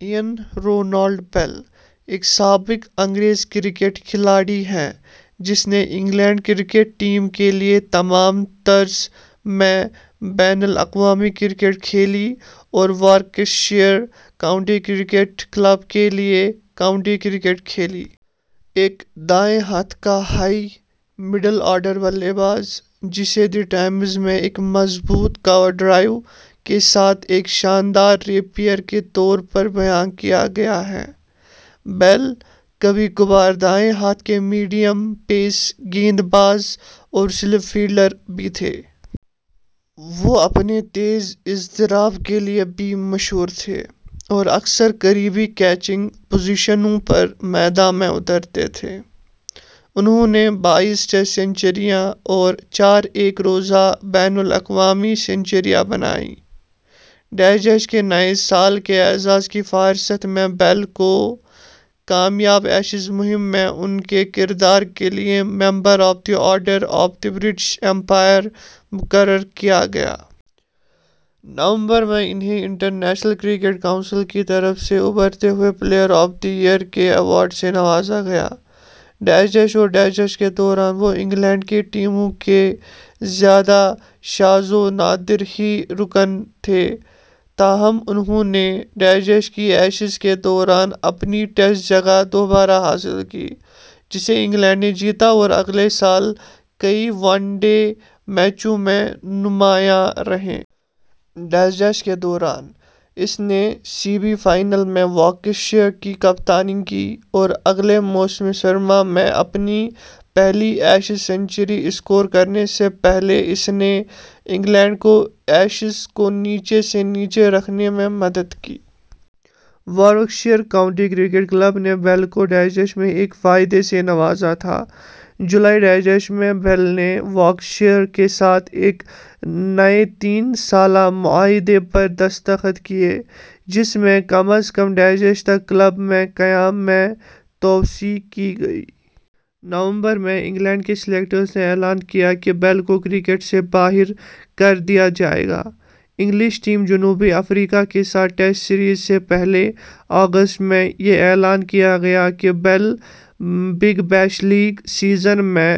Ayan Ronald Bell ایک سابق انگریز کرکٹ کھلاڑی ہے جس نے انگلینڈ کرکٹ ٹیم کے لیے تمام طرز میں بین الاقوامی کرکٹ کھیلی اور وارکشائر کاؤنٹی کرکٹ کلب کے لیے کاؤنٹی کرکٹ کھیلی۔ ایک دائیں ہاتھ کا ہائی/مڈل آرڈر بلے باز، جسے دی ٹائمز میں ایک مضبوط کور ڈرائیو کے ساتھ ایک "شاندار ریپیر" کے طور پر بیان کیا گیا ہے، بیل کبھی کبھار دائیں ہاتھ کے میڈیم پیس گیند باز اور سلپ فیلڈر بھی تھے۔ وہ اپنے تیز اضطراب کے لیے بھی مشہور تھے اور اکثر قریبی کیچنگ پوزیشنوں پر میدان میں اترتے تھے۔ انھوں نے بائیس ٹیسٹ سنچریاں اور چار ایک روزہ بین الاقوامی سنچریاں بنائے۔ ء کے نئے سال کے اعزاز کی فہرست میں، بیل کو ء کی کامیاب ایشز مہم میں ان کے کردار کے لیے member of the Order of the British Empire مقرر کیا گیا۔ نومبر ء میں انھیں انٹرنیشنل کرکٹ کونسل کی طرف سے ابھرتے ہوئے پلیئر آف دی ایئر کے ایوارڈ سے نوازا گیا۔ ء اور ء کے دوران، وہ انگلینڈ کی ٹیموں کے زیادہ شاذ و نادر ہی رکن تھے تاہم انھوں نے ء کی ایشز کے دوران اپنی ٹیسٹ جگہ دوبارہ حاصل کی، جسے انگلینڈ نے جیتا اور اگلے سال کئی ون ڈے میچوں میں نمایاں رہے۔ ء کے دوران، اس نے سی بی فائنل میں وارکشائر کی کپتانی کی اور اگلے موسم سرما میں اپنی پہلی ایشز سنچری اسکور کرنے سے پہلے اس نے انگلینڈ کو ایشز کو نیچے سے نیچے رکھنے میں مدد کی۔ واروکشائر کاؤنٹی کرکٹ کلب نے بیل کو ء میں ایک فائدہ سے نوازا تھا۔ جولائی ء میں، بیل نے واروکشائر کے ساتھ ایک نئے تین سالہ معاہدے پر دستخط کیے جس میں کم از کم ء تک کلب میں قیام میں توسیع کی گئی۔ نومبر ء میں، انگلینڈ کے سلیکٹرز نے اعلان کیا کہ بیل کو کرکٹ سے باہر کر دیا جائے گا۔ انگلش ٹیم جنوبی افریقہ کے ساتھ ٹیسٹ سیریز سے پہلے۔ اگست ء میں، یہ اعلان کیا گیا کہ بیل - ء بگ بیش لیگ سیزن میں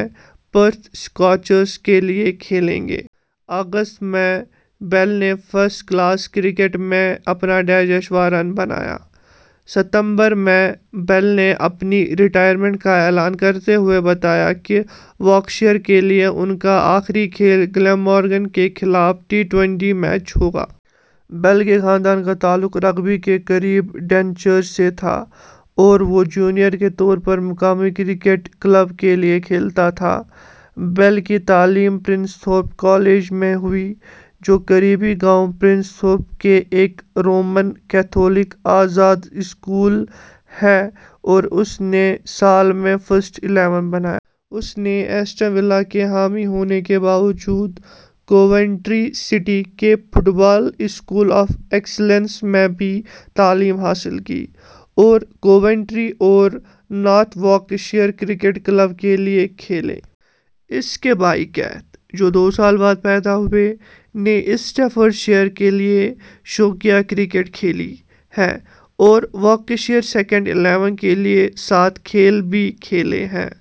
پرتھ سکارچرز کے لیے کھیلیں گے۔ اگست ء میں، بیل نے فرسٹ کلاس کرکٹ میں اپنا واں رن بنایا۔ ستمبر ء میں، بیل نے اپنی ریٹائرمنٹ کا اعلان کرتے ہوئے بتایا کہ واروکشائر کے لیے ان کا آخری کھیل گلمورگن کے خلاف ٹی میچ ہوگا۔ بیل کے خاندان کا تعلق رگبی کے قریب ڈنچرچ سے تھا اور وہ جونیئر کے طور پر مقامی کرکٹ کلب کے لیے کھیلتا تھا۔ بیل کی تعلیم پرنستھورپ کالج میں ہوئی، جو قریبی گاؤں پرنستھورپ کے ایک رومن کیتھولک آزاد اسکول ہے اور اس نے سال میں فسٹ الیون بنایا۔ اس نے ایسٹن ولا کے حامی ہونے کے باوجود، کوونٹری سٹی کے football school of excellence میں بھی تعلیم حاصل کی اور کوونٹری اور نارتھ واروکشائر کرکٹ کلب کے لیے کھیلے۔ اس کے بھائی کیتھ، جو دو سال بعد پیدا ہوئے، نے اسٹافورڈ شائر کے لیے شوقیہ کرکٹ کھیلی ہے اور وارکشائر سیکنڈ الیون کے لیے سات کھیل بھی کھیلے ہیں۔